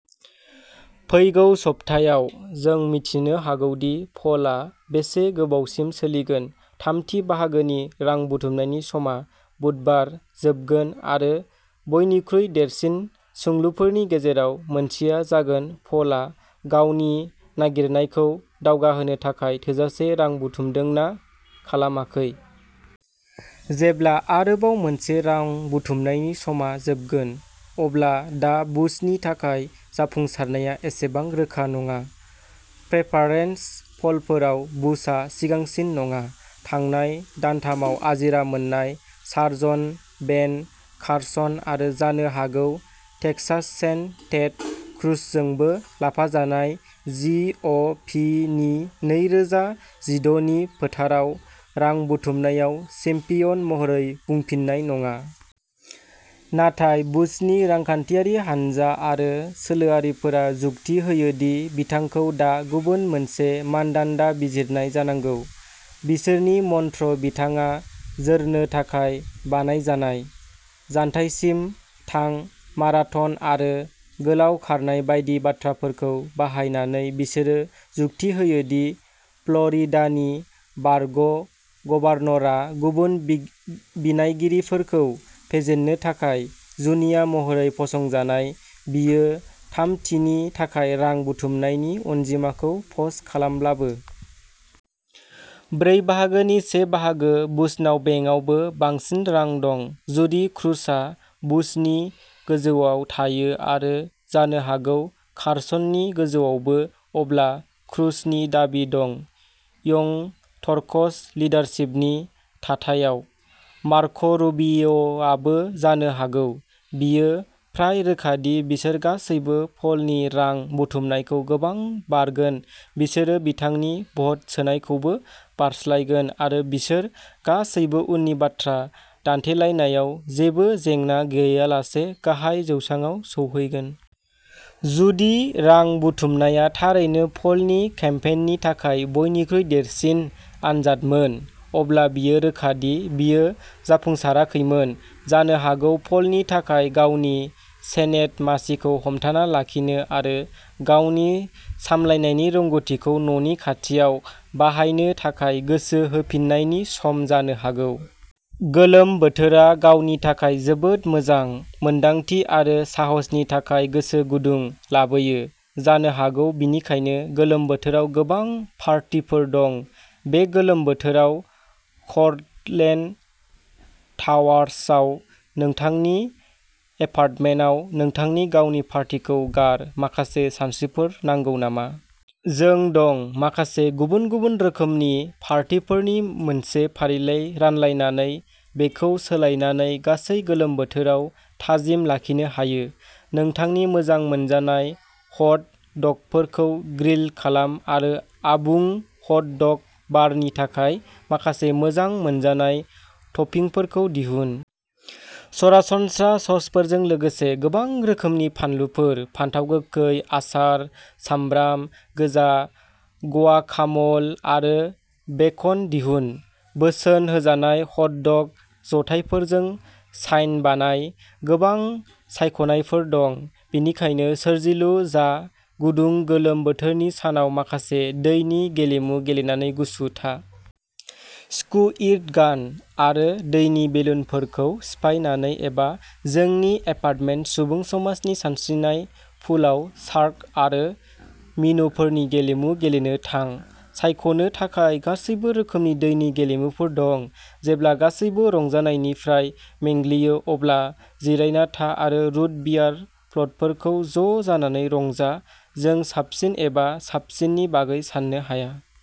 फैगौ सप्तायाव, जों मिथिनो हागौ दि पलआ बेसे गोबावसिम सोलिगोन। थामथि बाहागोनि रां बुथुमनायनि समा बुधबार जोबगोन आरो बयनिख्रुइ देरसिन सोंलुफोरनि गेजेराव मोनसेआ जागोन पलआ गावनि नागिरनायखौ दावगाहोनो थाखाय थोजासे रां बुथुमदों ना खालामाखै। जेब्ला आरोबाव मोनसे रां बुथुमनायनि समआ जोबगोन, अब्ला दा बुसनि थाखाय जाफुंसारनाया एसेबां रोखा नङा। प्रेफारेन्स प'लफोराव बुशआ सिगांसिन नङा, थांनाय दानथामाव आजिरा मोननाय सार्जन बेन कार्सन आरो जानो हागौ टेक्सास सेन टेड क्रुजजोंबो लाफाजानाय जि अ' फि नि नै रोजा जिद' नि फोथाराव रां बुथुमनायाव चेम्पियन महरै बुंफिननाय नङा। नाथाय बुसनि रांखान्थियारि हानजा आरो सोलोआरिफोरा जुक्ति होयो दि बिथांखौ दा गुबुन मोनसे मानदान्दा बिजिरनाय जानांगौ। बिसोरनि मन्त्र बिथाङा जोरनो थाखाय बानायजानाय। जानथायसिम थां माराथन आरो गोलाव खारनाय बायदि बाथ्राफोरखौ बाहायनानै, बिसोरो जुक्ति होयो दि फ्ल'रिडानि बारग' गभर्नरआ गुबुन बि-बिनायगिरिफोरखौ फेजेननो थाखाय जुनिया महरै फसंजानाय, बियो थामथिनि थाखाय रां बुथुमनायनि अनजिमाखौ पोस्ट खालामब्लाबो। ब्रै बाहागोनि से बाहागो। बुशनाव बेंकावबो बांसिन रां दं। जुदि क्रुजआ बुशनि गोजौआव थायो आरो जानो हागौ कार्सननि गोजौआवबो, अब्ला क्रुजनि दाबि दं यंग टर्कस लिडारशिपनि थाथायाव। मार्क'रुबियोआबो जानो हागौ। बेयो फ्राय रोखा दि बिसोर गासैबो पलनि रां बुथुमनायखौ गोबां बारगोन बिसोरो बिथांनि भट सोनायखौबो बारस्लायगोन आरो बिसोर गासैबो उननि बाथ्रा दान्थेलायनायाव जेबो जेंना गैयालासे गाहाय जौसांआव सौहैगोन। जुदि रां बुथुमनाया थारैनो पलनि केम्पेइननि थाखाय बयनिख्रुइ देरसिन आनजादमोन, अब्ला बेयो रोखा दि बेयो जाफुंसाराखैमोन। जानो हागौ पलनि थाखाय गावनि सेनेट मासिखौ हमथाना लाखिनो आरो गावनि सामलायनायनि रोंग'थिखौ न'नि खाथियाव बाहायनो थाखाय गोसो होफिननायनि सम जानो हागौ। गोलोम बोथोरा गावनि थाखाय जोबोद मोजां मोनदांथि आरो साहसनि थाखाय गोसो गुदुं लाबोयो। जानो हागौ बेनिखायनो गोलोम बोथोराव गोबां पार्टीफोर दं बे गोलोम बोथोराव कर्टलेन्ड टावार्सआव नोंथांनि एपार्टमेन्टआव नोंथांनि गावनि पार्टीखौ गार। माखासे सानस्रिफोर नांगौ नामा? जों दं। माखासे गुबुन-गुबुन रोखोमनि पार्टीफोरनि मोनसे फारिलाइ रानलायनानै बेखौ सोलायनानै गासै गोलोम बोथोराव थाजिम लाखिनो हायो। नोंथांनि मोजां मोनजानाय हट डगफोरखौ ग्रिल खालाम आरो आबुं हट डग बारनि थाखाय माखासे मोजां मोनजानाय टपिंफोरखौ दिहुन। सरासनस्रा ससफोरजों लोगोसे गोबां रोखोमनि बानलुफोर, फानथाव गोखै, आसार, सामब्राम गोजा, ग्वाकाम'ल आरो बेकन दिहुन। बोसोन होजानाय हट डग जथायफोरजों साइन बानाय। गोबां सायख'नायफोर दं, बेनिखायनो सोरजिलु जा गुदुं गोलोम बोथोरनि सानाव माखासे दैनि गेलेमु गेलेनानै गुसु था। स्कुइर्ट गान आरो दैनि बेलुनफोरखौ सिफायनानै एबा जोंनि एपार्टमेन्ट सुबुं समाजनि सानस्रिनाय पुलआव शार्क आरो मिन'फोरनि गेलेमु गेलेनो थां। सायख'नो थाखाय गासैबो रोखोमनि दैनि गेलेमुफोर दं जेब्ला गासैबो रंजानायनिफ्राय मेंग्लियो, अब्ला जिरायना था आरो रुट बियार फ्ल'टफोरखौ ज' जानानै रंजा। जों साबसिन एबा साबसिननि बागै साननो हाया।